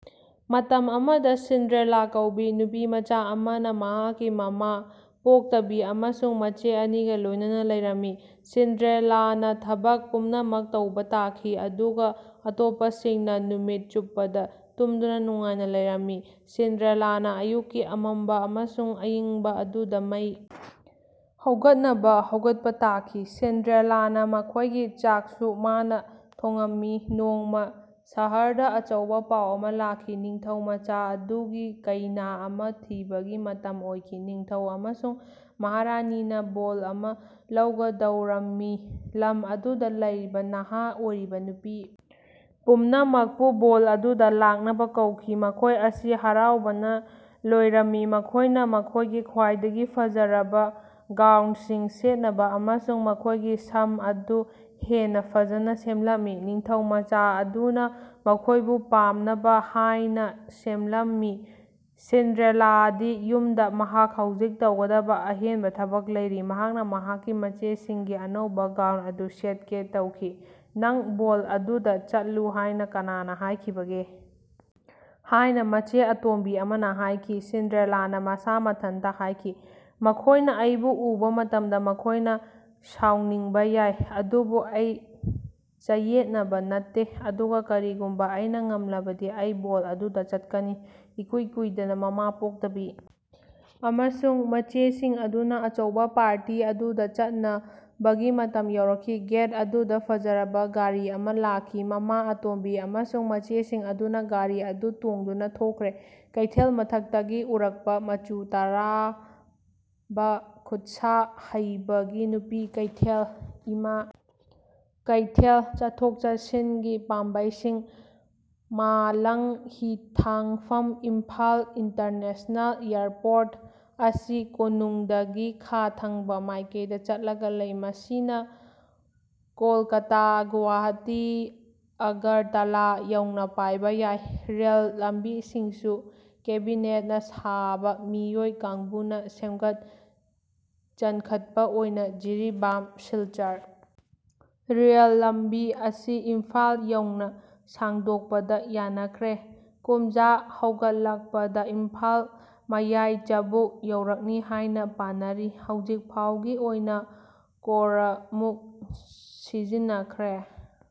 ꯃꯇꯝ ꯑꯃꯗ ꯁꯤꯟꯗ꯭ꯔꯦꯂꯥ ꯀꯧꯕꯤ ꯅꯨꯄꯤꯃꯆꯥ ꯑꯃꯅ ꯃꯍꯥꯛꯀꯤ ꯃꯃꯥ ꯄꯣꯛꯇꯕꯤ ꯑꯃꯁꯨꯡ ꯃꯆꯦ ꯑꯅꯤꯒ ꯂꯣꯏꯅꯅ ꯂꯩꯔꯝꯃꯤ꯫ ꯁꯤꯟꯗ꯭ꯔꯦꯂꯥꯅ ꯊꯕꯛ ꯄꯨꯝꯅꯃꯛ ꯇꯧꯕ ꯇꯥꯈꯤ ꯑꯗꯨꯒ ꯑꯇꯣꯞꯄꯁꯤꯡꯅ ꯅꯨꯃꯤꯠ ꯆꯨꯞꯄꯗ ꯇꯨꯝꯗꯨꯅ ꯅꯨꯡꯉꯥꯏꯅ ꯂꯩꯔꯝꯃꯤ꯫ ꯁꯤꯟꯗ꯭ꯔꯦꯂꯥꯅ ꯑꯌꯨꯛꯀꯤ ꯑꯃꯝꯕ ꯑꯃꯁꯨꯡ ꯑꯏꯪꯕ ꯑꯗꯨꯗ ꯃꯩ ꯍꯧꯒꯠꯅꯕ ꯍꯧꯒꯠꯄ ꯇꯥꯈꯤ꯫ ꯁꯤꯟꯗ꯭ꯔꯦꯂꯥꯅ ꯃꯈꯣꯏꯒꯤ ꯆꯥꯛꯁꯨ ꯃꯥꯅ ꯊꯣꯉꯝꯃꯤ꯫ ꯅꯣꯡꯃ ꯁꯍꯔꯗ ꯑꯆꯧꯕ ꯄꯥꯎ ꯑꯃ ꯂꯥꯛꯈꯤ꯫ ꯅꯤꯡꯊꯧꯃꯆꯥ ꯑꯗꯨꯒꯤ ꯀꯩꯅꯥ ꯑꯃ ꯊꯤꯕꯒꯤ ꯃꯇꯝ ꯑꯣꯏꯈꯤ꯫ ꯅꯤꯡꯊꯧ ꯑꯃꯁꯨꯡ ꯃꯍꯥꯔꯥꯅꯤꯅ ꯕꯣꯜ ꯑꯃ ꯂꯧꯒꯗꯧꯔꯝꯃꯤ꯫ ꯂꯝ ꯑꯗꯨꯗ ꯂꯩꯔꯤꯕ ꯅꯍꯥ ꯑꯣꯏꯔꯤꯕ ꯅꯨꯄꯤ ꯄꯨꯝꯅꯃꯛꯄꯨ ꯕꯣꯜ ꯑꯗꯨꯗ ꯂꯥꯛꯅꯕ ꯀꯧꯈꯤ꯫ ꯃꯈꯣꯏ ꯑꯁꯤ ꯍꯔꯥꯎꯕꯅ ꯂꯣꯏꯔꯝꯃꯤ꯫ ꯃꯈꯣꯏꯅ ꯃꯈꯣꯏꯒꯤ ꯈ꯭ꯋꯥꯏꯗꯒꯤ ꯐꯖꯔꯕ ꯒꯥꯎꯟꯁꯤꯡ ꯁꯦꯠꯅꯕ ꯑꯃꯁꯨꯡ ꯃꯈꯣꯏꯒꯤ ꯁꯝ ꯑꯗꯨ ꯍꯦꯟꯅ ꯐꯖꯅ ꯁꯦꯝꯂꯝꯃꯤ꯫ ꯅꯤꯡꯊꯧꯃꯆꯥ ꯑꯗꯨꯅ ꯃꯈꯣꯏꯕꯨ ꯄꯥꯝꯅꯕ ꯍꯥꯏꯅ ꯁꯦꯝꯂꯝꯃꯤ꯫ ꯁꯤꯟꯗ꯭ꯔꯦꯂꯥꯗꯤ ꯌꯨꯝꯗ ꯃꯍꯥꯛ ꯍꯧꯖꯤꯛ ꯇꯧꯒꯗꯕ ꯑꯍꯦꯟꯕ ꯊꯕꯛ ꯂꯩꯔꯤ꯫ ꯃꯍꯥꯛꯅ ꯃꯍꯥꯛꯀꯤ ꯃꯆꯦꯁꯤꯡꯒꯤ ꯑꯅꯧꯕ ꯒꯥꯎꯟ ꯑꯗꯨ ꯁꯦꯠꯀꯦ ꯇꯧꯈꯤ꯫ "ꯅꯪ ꯕꯣꯜ ꯑꯗꯨꯗ ꯆꯠꯂꯨ ꯍꯥꯏꯅ ꯀꯅꯥꯅ ꯍꯥꯏꯈꯤꯕꯒꯦ? " ꯍꯥꯏꯅ ꯃꯆꯦ ꯑꯇꯣꯝꯕꯤ ꯑꯃꯅ ꯍꯥꯏꯈꯤ꯫ ꯁꯤꯟꯗ꯭ꯔꯦꯂꯥꯅ ꯃꯁꯥ ꯃꯊꯟꯇ ꯍꯥꯏꯈꯤ, "ꯃꯈꯣꯏꯅ ꯑꯩꯕꯨ ꯎꯕ ꯃꯇꯝꯗ ꯃꯈꯣꯏꯅ ꯁꯥꯎꯅꯤꯡꯕ ꯌꯥꯏ, ꯑꯗꯨꯕꯨ ꯑꯩ ꯆꯌꯦꯠꯅꯕ ꯅꯠꯇꯦ꯫ ꯑꯗꯨꯒ ꯀꯔꯤꯒꯨꯝꯕ ꯑꯩꯅ ꯉꯝꯂꯕꯗꯤ ꯑꯩ ꯕꯣꯜ ꯑꯗꯨꯗ ꯆꯠꯀꯅꯤ꯫" ꯏꯀꯨꯏ ꯀꯨꯏꯗꯅ ꯃꯃꯥ ꯄꯣꯛꯇꯕꯤ ꯑꯃꯁꯨꯡ ꯃꯆꯦꯁꯤꯡ ꯑꯗꯨꯅ ꯑꯆꯧꯕ ꯄꯥꯔꯇꯤ ꯑꯗꯨꯗ ꯆꯠꯅꯕꯒꯤ ꯃꯇꯝ ꯌꯧꯔꯛꯈꯤ꯫ ꯒꯦꯠ ꯑꯗꯨꯗ ꯐꯖꯔꯕ ꯒꯥꯔꯤ ꯑꯃ ꯂꯥꯛꯈꯤ꯫ ꯃꯃꯥ ꯑꯇꯣꯝꯕꯤ ꯑꯃꯁꯨꯡ ꯃꯆꯦꯁꯤꯡ ꯑꯗꯨꯅ ꯒꯥꯔꯤ ꯑꯗꯨ ꯇꯣꯡꯗꯨꯅ ꯊꯣꯛꯈ꯭ꯔꯦ꯫ ꯀꯩꯊꯦꯜ ꯃꯊꯛꯇꯒꯤ ꯎꯔꯛꯄ ꯃꯆꯨ ꯇꯥꯔꯕ ꯈꯨꯠꯁꯥꯍꯩꯕꯒꯤ ꯅꯨꯄꯤ ꯀꯩꯊꯦꯜ (ꯏꯃꯥ ꯀꯩꯊꯦꯜ), ꯆꯠꯊꯣꯛ ꯆꯠꯁꯤꯟꯒꯤ ꯄꯥꯝꯕꯩꯁꯤꯡ ꯃꯥꯂꯪꯍꯤꯊꯥꯡꯐꯝ ꯏꯝꯐꯥꯜ ꯏꯟꯇꯔꯅꯦꯁꯅꯦꯜ ꯏꯌꯥꯔꯄꯣꯔꯠ ꯑꯁꯤ ꯀꯣꯅꯨꯡꯗꯒꯤ ꯈꯥ ꯊꯪꯕ ꯃꯥꯏꯀꯩꯗ ꯆꯠꯂꯒ ꯂꯩ꯫ ꯃꯁꯤꯅ ꯀꯣꯜꯀꯇꯥ, ꯒꯨꯋꯥꯍꯥꯇꯤ, ꯑꯒꯔꯇꯥꯂꯥ ꯌꯧꯅ ꯄꯥꯏꯕ ꯌꯥꯏ꯫ ꯔꯦꯜ ꯂꯝꯕꯤꯁꯤꯡꯁꯨ ꯀꯦꯕꯤꯅꯦꯠꯅ ꯁꯥꯕ ꯃꯤꯑꯣꯏ ꯀꯥꯡꯕꯨꯅ ꯁꯦꯝꯒꯠ ꯆꯟꯈꯠꯄ ꯑꯣꯏꯅ ꯖꯤꯔꯤꯕꯥꯝ ꯁꯤꯜꯆꯔ ꯔꯦꯜ ꯂꯝꯕꯤ ꯑꯁꯤ ꯏꯝꯐꯥꯜ ꯌꯧꯅ ꯁꯥꯡꯗꯣꯛꯄꯗ ꯌꯥꯅꯈ꯭ꯔꯦ꯫ ꯀꯨꯝꯖ ꯍꯧꯒꯠꯂꯛꯄꯗ ꯏꯝꯐꯥꯜ ꯃꯌꯥꯏꯆꯕꯨꯛ ꯌꯧꯔꯛꯅꯤ ꯍꯥꯏꯅ ꯄꯥꯅꯔꯤ꯫ ꯍꯧꯖꯤꯛꯐꯥꯎꯒꯤ ꯑꯣꯏꯅ ꯀꯔꯣꯔ ꯃꯨꯛ ꯁꯤꯖꯤꯟꯅꯈ꯭ꯔꯦ꯫